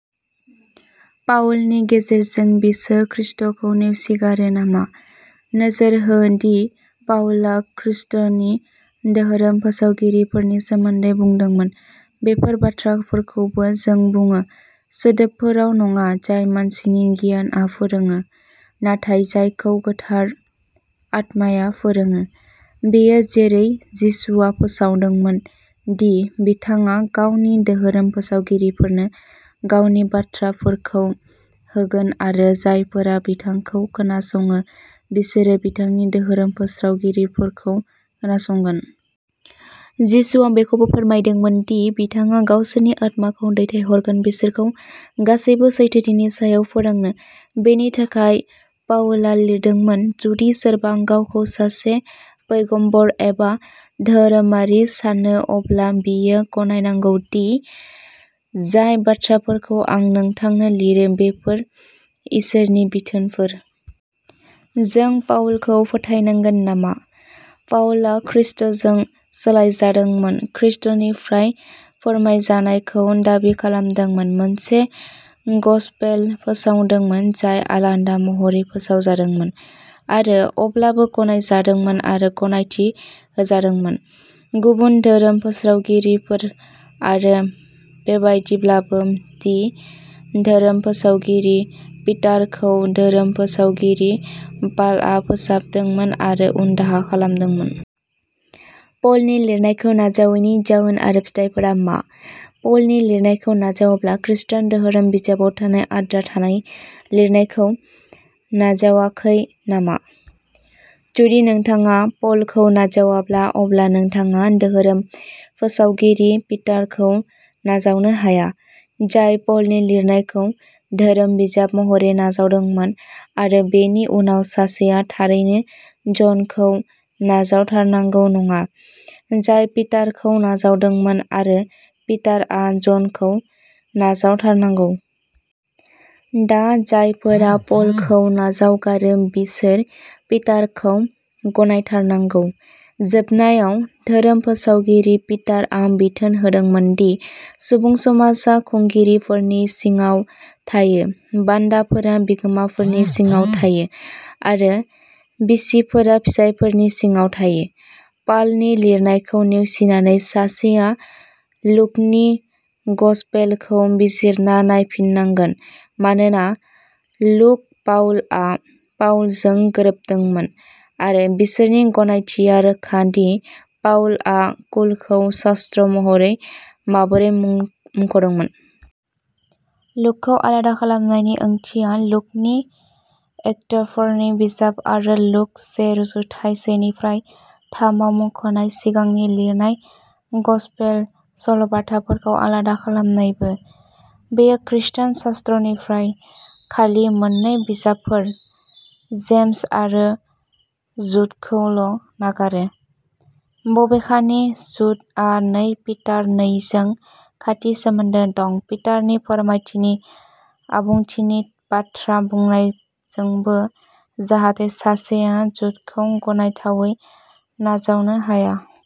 पाउलनि गेजेरजों बिसोर खृष्टखौ नेवसिगारो नामा? नोजोर हो दि पाउला खृष्टनि धोरोम फोसावगिरिफोरनि सोमोन्दै बुंदोंमोन, "बेफोर बाथ्राफोरखौबो जों बुङो, सोदोबफोराव नङा जाय मानसिनि गियानआ फोरोङो नाथाय जायखौ गोथार आत्माया फोरोङो।" बेयो जेरै जिसुआ फोसावदोंमोन दि बिथाङा गावनि धोरोम फोसावगिरिफोरनो गावनि बाथ्राफोरखौ होगोन आरो जायफोरा बिथांखौ खोनासङो बिसोरो बिथांनि धोरोम फोसावगिरिफोरखौ खोनासंगोन। जिसुआ बेखौबो फोरमायदोंमोन दि बिथाङा गावसोरनि आत्माखौ दैथायहरगोन बिसोरखौ गासैबो सैथोथिनि सायाव फोरोंनो। बेनि थाखाय पाउला लिरदोंमोन, "जुदि सोरबा गावखौ सासे पैगम्बर एबा धोरोमारि सानो अब्ला बियो गनायनांगौ दि जाय बाथ्राफोरखौ आं नोंथांनो लिरो बेफोरो इसोरनि बिथोनफोर।" जों पाउलखौ फोथायनांगोन नामा? पाउलआ खृष्टजों सोलायजादोंमोन, खृष्टनिफ्राय फोरमायजानायखौ दाबि खालामदोंमोन, मोनसे गसपेल फोसावदोंमोन जाय आलादा महरै फोसावजादोंमोन आरो अब्लाबो गनायजादोंमोन आरो गनायथि होजादोंमोन गुबुन धोरोम फोसावगिरिफोर आरो बेबायदिब्लाबो दि धोरोम फोसावगिरि पिटारखौ धोरोम फोसावगिरि पालआ फोसाबदोंमोन आरो उनदाहा खालामदोंमोन। पलनि लिरनायखौ नाजावैनि जाउन आरो फिथायफोरा मा? पलनि लिरनायखौ नाजावाब्ला खृष्टान धोरोम बिजाबाव थानाय आद्रा थानाय लिरनायखौ नाजावाखै नामा? जुदि नोंथाङा पालखौ नाजावाब्ला अब्ला नोंथाङा धोरोम फोसावगिरि पिटारखौ नाजावनो हाया, जाय पलनि लिरनायखौ धोरोम बिजाब महरै नाजावदोंमोन आरो बेनि उनाव सासेया थारैनो जनखौ नाजावथारनांगौ नङा, जाय पिटारखौ नाजावदोंमोन आरो पिटारआ जनखौ नाजावथारनांगौ। दा, जायफोरा पालखौ नाजावगारो, बिसोरो पिटारखौ गनायथारनांगौ। जोबनायाव, धोरोम फोसावगिरि पिटारआ बिथोन होदोंमोन दि सुबुं समाजा खुंगिरिफोरनि सिङाव थायो, बान्दाफोरा बिगोमाफोरनि सिङाव थायो आरो बिसिफोरा फिसायफोरनि सिङाव थायो। पालनि लिरनायखौ नेवसिनानै सासेआ लुकनि गसपेलखौ बिजिरना नायफिननांगोन मानोना लुक पाउलआ पाउलजों गोरोबदोंमोन आरो बिसोरनि गनायथिया रोखा दि पाउलआ लुकखौ शास्त्र महरै माबोरै मुंख'दोंमोन। लुकखौ आलादा खालामनायनि ओंथिया लूकनि एक्टफोरनि बिजाब आरो लूक से रुजुथाइ सेनिफ्राय थामआव मुंख'नाय सिगांनि लिरनाय गसपेल सल'बाथाफोरखौ आलादा खालामनायबो। बेयो खृस्टान शास्त्रनिफ्राय खालि मोन्नै बिजाबफोर, जेम्स आरो जुडखौल' नागारो। बबेखानि, जुडआ नै पिटार नै जों खाथि सोमोन्दो दं, पिटारनि फोरमायथिनि आबुंथिनि बाथ्रा बुंनायजोंबो, जाहाथे सासेया जुडखौ गनायथावै नाजावनो हाया।